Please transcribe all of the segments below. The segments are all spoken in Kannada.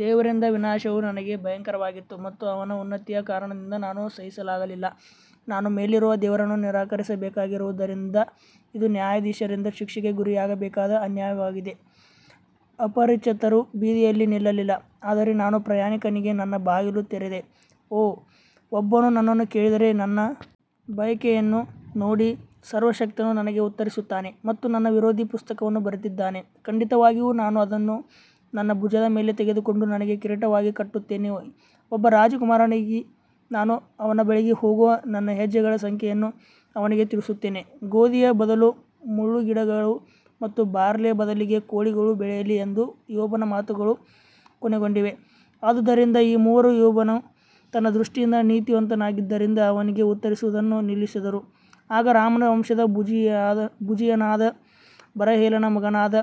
ದೇವರಿಂದ ವಿನಾಶವು ನನಗೆ ಭಯಂಕರವಾಗಿತ್ತು ಮತ್ತು ಅವನ ಉನ್ನತಿಯ ಕಾರಣದಿಂದ ನಾನು ಸಹಿಸಲಾಗಲಿಲ್ಲ ನಾನು ಮೇಲಿರುವ ದೇವರನ್ನು ನಿರಾಕರಿಸಬೇಕಾಗಿರುವುದರಿಂದ ಇದು ನ್ಯಾಯಾಧೀಶರಿಂದ ಶಿಕ್ಷೆಗೆ ಗುರಿಯಾಗಬೇಕಾದ ಅನ್ಯಾಯವಾಗಿದೆ ಅಪರಿಚಿತರು ಬೀದಿಯಲ್ಲಿ ನಿಲ್ಲಲಿಲ್ಲ ಆದರೆ ನಾನು ಪ್ರಯಾಣಿಕನಿಗೆ ನನ್ನ ಬಾಗಿಲು ತೆರೆದೆ ಓಹ್, ಒಬ್ಬನು ನನ್ನನ್ನು ಕೇಳಿದರೆ, ನನ್ನ ಬಯಕೆಯನ್ನು ನೋಡಿ, ಸರ್ವಶಕ್ತನು ನನಗೆ ಉತ್ತರಿಸುತ್ತಾನೆ ಮತ್ತು ನನ್ನ ವಿರೋಧಿ ಪುಸ್ತಕವನ್ನು ಬರೆದಿದ್ದಾನೆ ಖಂಡಿತವಾಗಿಯೂ ನಾನು ಅದನ್ನು ನನ್ನ ಭುಜದ ಮೇಲೆ ತೆಗೆದುಕೊಂಡು ನನಗೆ ಕಿರೀಟವಾಗಿ ಕಟ್ಟುತ್ತೇನೆ ಒಬ್ಬ ರಾಜಕುಮಾರನಾಗಿ ನಾನು ಅವನ ಬಳಿಗೆ ಹೋಗುವ ನನ್ನ ಹೆಜ್ಜೆಗಳ ಸಂಖ್ಯೆಯನ್ನು ಅವನಿಗೆ ತಿಳಿಸುತ್ತೇನೆ ಗೋಧಿಯ ಬದಲು ಮುಳ್ಳುಗಿಡಗಳು ಮತ್ತು ಬಾರ್ಲಿಯ ಬದಲಿಗೆ ಕೋಳಿಗಳು ಬೆಳೆಯಲಿ ಎಂದು ಯೋಬನ ಮಾತುಗಳು ಕೊನೆಗೊಂಡಿವೆ ಆದುದರಿಂದ ಈ ಮೂವರು ಯೋಬನು ತನ್ನ ದೃಷ್ಟಿಯಲ್ಲಿ ನೀತಿವಂತನಾಗಿದ್ದರಿಂದ ಅವನಿಗೆ ಉತ್ತರಿಸುವುದನ್ನು ನಿಲ್ಲಿಸಿದರು ಆಗ ರಾಮನ ವಂಶದ ಬೂಜಿಯನಾದ ಬರಹೇಲನ ಮಗನಾದ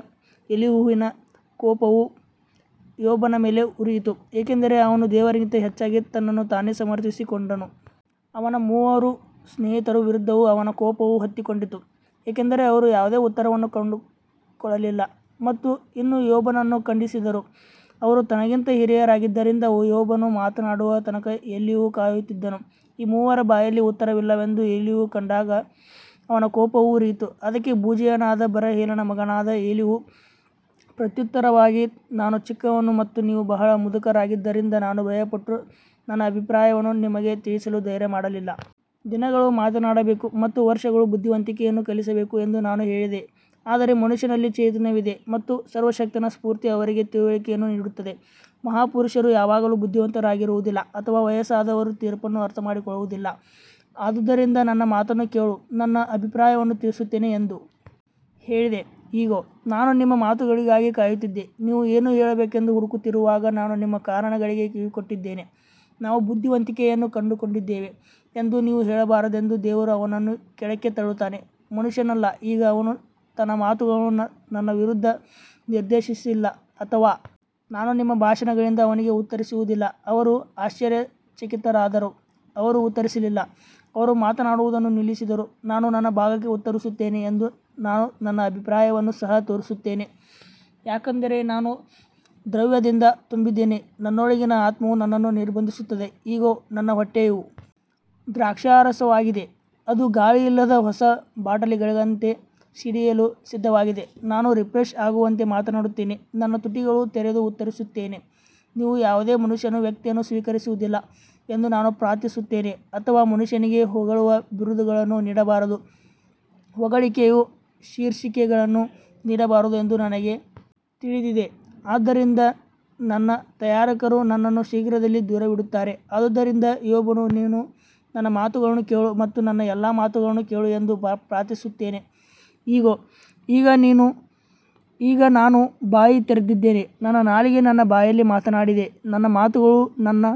ಎಲೀಹುವಿನ ಕೋಪವು ಯೋಬನ ಮೇಲೆ ಉರಿಯಿತು, ಏಕೆಂದರೆ ಅವನು ದೇವರಿಗಿಂತ ಹೆಚ್ಚಾಗಿ ತನ್ನನ್ನು ತಾನೇ ಸಮರ್ಥಿಸಿಕೊಂಡನು. ಅವನ ಮೂವರು ಸ್ನೇಹಿತರ ವಿರುದ್ಧವೂ ಅವನ ಕೋಪವು ಹೊತ್ತಿಕೊಂಡಿತು ಏಕೆಂದರೆ ಅವರು ಯಾವುದೇ ಉತ್ತರವನ್ನು ಕಂಡುಕೊಳ್ಳಲಿಲ್ಲ ಮತ್ತು ಇನ್ನೂ ಯೋಬನನ್ನು ಖಂಡಿಸಿದರು ಅವರು ತನಗಿಂತ ಹಿರಿಯರಾಗಿದ್ದರಿಂದ ಯೋಬನು ಮಾತನಾಡುವ ತನಕ ಎಲೀಹು ಕಾಯುತ್ತಿದ್ದನು ಈ ಮೂವರ ಬಾಯಲ್ಲಿ ಉತ್ತರವಿಲ್ಲವೆಂದು ಎಲೀಹು ಕಂಡಾಗ ಅವನ ಕೋಪವು ಉರಿಯಿತು ಅದಕ್ಕೆ ಬೂಜಿಯನಾದ ಬರಹೇಲನ ಮಗನಾದ ಎಲೀಹು ಪ್ರತ್ಯುತ್ತರವಾಗಿ ನಾನು ಚಿಕ್ಕವನು ಮತ್ತು ನೀವು ಬಹಳ ಮುದುಕರಾಗಿದ್ದರಿಂದ ನಾನು ಭಯಪಟ್ಟು ನನ್ನ ಅಭಿಪ್ರಾಯವನ್ನು ನಿಮಗೆ ತಿಳಿಸಲು ಧೈರ್ಯಮಾಡಲಿಲ್ಲ. ದಿನಗಳು ಮಾತನಾಡಬೇಕು ಮತ್ತು ವರ್ಷಗಳು ಬುದ್ಧಿವಂತಿಕೆಯನ್ನು ಕಲಿಸಬೇಕು ಎಂದು ನಾನು ಹೇಳಿದೆ ಆದರೆ ಮನುಷ್ಯನಲ್ಲಿ ಚೈತನ್ಯವಿದೆ ಮತ್ತು ಸರ್ವಶಕ್ತನ ಸ್ಫೂರ್ತಿ ಅವರಿಗೆ ತಿಳುವಳಿಕೆಯನ್ನು ನೀಡುತ್ತದೆ ಮಹಾಪುರುಷರು ಯಾವಾಗಲೂ ಬುದ್ಧಿವಂತರಾಗಿರುವುದಿಲ್ಲ ಅಥವಾ ವಯಸ್ಸಾದವರು ತೀರ್ಪನ್ನು ಅರ್ಥಮಾಡಿಕೊಳ್ಳುವುದಿಲ್ಲ ಆದುದರಿಂದ ನನ್ನ ಮಾತನ್ನು ಕೇಳು, ನನ್ನ ಅಭಿಪ್ರಾಯವನ್ನೂ ತಿಳಿಸುತ್ತೇನೆ ಎಂದು ಹೇಳಿದೆ ಇಗೋ, ನಾನು ನಿಮ್ಮ ಮಾತುಗಳಿಗಾಗಿ ಕಾಯುತ್ತಿದ್ದೆ, ನೀವು ಏನು ಹೇಳಬೇಕೆಂದು ಹುಡುಕುತ್ತಿರುವಾಗ ನಾನು ನಿಮ್ಮ ಕಾರಣಗಳಿಗೆ ಕಿವಿಗೊಟ್ಟಿದ್ದೇನೆ ನಾವು ಬುದ್ಧಿವಂತಿಕೆಯನ್ನು ಕಂಡುಕೊಂಡಿದ್ದೇವೆ ಎಂದು ನೀವು ಹೇಳಬಾರದೆಂದು ದೇವರು ಅವನನ್ನು ಕೆಳಕ್ಕೆ ತಳ್ಳುತ್ತಾನೆ ಮನುಷ್ಯನಲ್ಲ ಈಗ ಅವನು ತನ್ನ ಮಾತುಗಳನ್ನು ನನ್ನ ವಿರುದ್ಧ ನಿರ್ದೇಶಿಸಿಲ್ಲ ಅಥವಾ ನಾನು ನಿಮ್ಮ ಭಾಷಣಗಳಿಂದ ಅವನಿಗೆ ಉತ್ತರಿಸುವುದಿಲ್ಲ ಅವರು ಆಶ್ಚರ್ಯಚಕಿತರಾದರು, ಅವರು ಉತ್ತರಿಸಲಿಲ್ಲ, ಅವರು ಮಾತನಾಡುವುದನ್ನು ನಿಲ್ಲಿಸಿದರು ನಾನು ನನ್ನ ಭಾಗಕ್ಕೆ ಉತ್ತರಿಸುತ್ತೇನೆ ಎಂದು ನಾನು ನನ್ನ ಅಭಿಪ್ರಾಯವನ್ನು ಸಹ ತೋರಿಸುತ್ತೇನೆ ಯಾಕಂದರೆ ನಾನು ದ್ರವ್ಯದಿಂದ ತುಂಬಿದ್ದೇನೆ ನನ್ನೊಳಗಿನ ಆತ್ಮವು ನನ್ನನ್ನು ನಿರ್ಬಂಧಿಸುತ್ತದೆ ಇಗೋ, ನನ್ನ ಹೊಟ್ಟೆಯು ದ್ರಾಕ್ಷಾರಸವಾಗಿದೆ, ಅದು ಗಾಳಿಯಿಲ್ಲದ ಹೊಸ ಬಾಟಲಿಗಳಂತೆ ಸಿಡಿಯಲು ಸಿದ್ಧವಾಗಿದೆ ನಾನು ರಿಫ್ರೆಶ್ ಆಗುವಂತೆ ಮಾತನಾಡುತ್ತೇನೆ, ನನ್ನ ತುಟಿಗಳನ್ನು ತೆರೆದು ಉತ್ತರಿಸುತ್ತೇನೆ ನೀವು ಯಾವುದೇ ಮನುಷ್ಯನ ವ್ಯಕ್ತಿಯನ್ನು ಸ್ವೀಕರಿಸುವುದಿಲ್ಲ ಎಂದು ನಾನು ಪ್ರಾರ್ಥಿಸುತ್ತೇನೆ ಅಥವಾ ಮನುಷ್ಯನಿಗೆ ಹೊಗಳುವ ಬಿರುದುಗಳನ್ನು ನೀಡಬಾರದು ಹೊಗಳಿಕೆಯ ಶೀರ್ಷಿಕೆಗಳನ್ನು ನೀಡಬಾರದು ಎಂದು ನನಗೆ ತಿಳಿದಿದೆ, ಆದ್ದರಿಂದ ನನ್ನ ತಯಾರಕರು ನನ್ನನ್ನು ಶೀಘ್ರದಲ್ಲೇ ದೂರವಿಡುತ್ತಾರೆ ಆದುದರಿಂದ ಯೋಬನು ನೀನು ನನ್ನ ಮಾತುಗಳನ್ನು ಕೇಳು ಮತ್ತು ನನ್ನ ಎಲ್ಲಾ ಮಾತುಗಳನ್ನು ಕೇಳು ಎಂದು ಪ್ರಾರ್ಥಿಸುತ್ತೇನೆ ಇಗೋ ಈಗ ನಾನು ಬಾಯಿ ತೆರೆದಿದ್ದೇನೆ ನನ್ನ ನಾಲಿಗೆ ನನ್ನ ಬಾಯಲ್ಲಿ ಮಾತನಾಡಿದೆ ನನ್ನ ಮಾತುಗಳು ನನ್ನ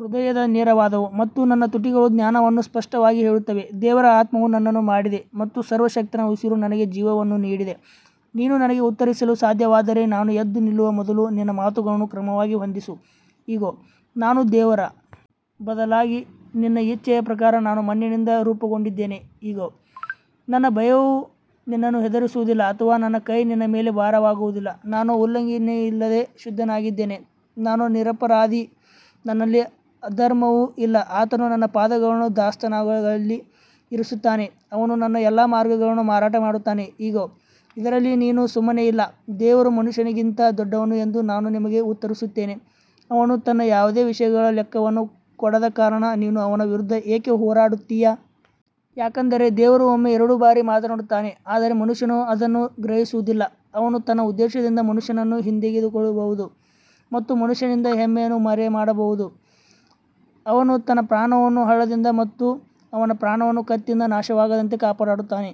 ಹೃದಯದ ನೇರವಾದವು ಮತ್ತು ನನ್ನ ತುಟಿಗಳು ಜ್ಞಾನವನ್ನು ಸ್ಪಷ್ಟವಾಗಿ ಹೇಳುತ್ತವೆ ದೇವರ ಆತ್ಮವು ನನ್ನನ್ನು ಮಾಡಿದೆ ಮತ್ತು ಸರ್ವಶಕ್ತನ ಉಸಿರು ನನಗೆ ಜೀವವನ್ನು ನೀಡಿದೆ ನೀನು ನನಗೆ ಉತ್ತರಿಸಲು ಸಾಧ್ಯವಾದರೆ ನಾನು ಎದ್ದು ನಿಲ್ಲುವ ಮೊದಲು ನಿನ್ನ ಮಾತುಗಳನ್ನು ಕ್ರಮವಾಗಿ ಹೊಂದಿಸು ಇಗೋ, ನಾನು ದೇವರ ಬದಲಾಗಿ ನಿನ್ನ ಇಚ್ಛೆಯ ಪ್ರಕಾರ ನಾನು ಮಣ್ಣಿನಿಂದ ರೂಪುಗೊಂಡಿದ್ದೇನೆ ಇಗೋ, ನನ್ನ ಭಯವು ನಿನ್ನನ್ನು ಹೆದರಿಸುವುದಿಲ್ಲ ಅಥವಾ ನನ್ನ ಕೈ ನಿನ್ನ ಮೇಲೆ ಭಾರವಾಗುವುದಿಲ್ಲ ನಾನು ಉಲ್ಲಂಘನೆಯಿಲ್ಲದೆ ಶುದ್ಧನಾಗಿದ್ದೇನೆ, ನಾನು ನಿರಪರಾಧಿ, ನನ್ನಲ್ಲಿ ಅಧರ್ಮವೂ ಇಲ್ಲ ಆತನು ನನ್ನ ಪಾದಗಳನ್ನು ದಾಸ್ತಾನುಗಳಲ್ಲಿ ಇರಿಸುತ್ತಾನೆ, ಅವನು ನನ್ನ ಎಲ್ಲಾ ಮಾರ್ಗಗಳನ್ನು ಮಾರಾಟ ಮಾಡುತ್ತಾನೆ ಇಗೋ, ಇದರಲ್ಲಿ ನೀನು ಸುಮ್ಮನೆ ಅಲ್ಲ, ದೇವರು ಮನುಷ್ಯನಿಗಿಂತ ದೊಡ್ಡವನು ಎಂದು ನಾನು ನಿಮಗೆ ಉತ್ತರಿಸುತ್ತೇನೆ ಅವನು ತನ್ನ ಯಾವುದೇ ವಿಷಯಗಳ ಲೆಕ್ಕವನ್ನು ಕೊಡದ ಕಾರಣ ನೀನು ಅವನ ವಿರುದ್ಧ ಏಕೆ ಹೋರಾಡುತ್ತೀಯ? ಯಾಕಂದರೆ ದೇವರು ಒಮ್ಮೆ ಎರಡು ಬಾರಿ ಮಾತನಾಡುತ್ತಾನೆ ಆದರೆ ಮನುಷ್ಯನು ಅದನ್ನು ಗ್ರಹಿಸುವುದಿಲ್ಲ ಅವನು ತನ್ನ ಉದ್ದೇಶದಿಂದ ಮನುಷ್ಯನನ್ನು ಹಿಂತೆಗೆದುಕೊಳ್ಳಬಹುದು ಮತ್ತು ಮನುಷ್ಯನಿಂದ ಹೆಮ್ಮೆಯನ್ನು ಮರೆಮಾಡಬಹುದು ಅವನು ತನ್ನ ಪ್ರಾಣವನ್ನು ಹಳ್ಳದಿಂದ ಮತ್ತು ಅವನ ಪ್ರಾಣವನ್ನು ಕತ್ತಿಯಿಂದ ನಾಶವಾಗದಂತೆ ಕಾಪಾಡುತ್ತಾನೆ.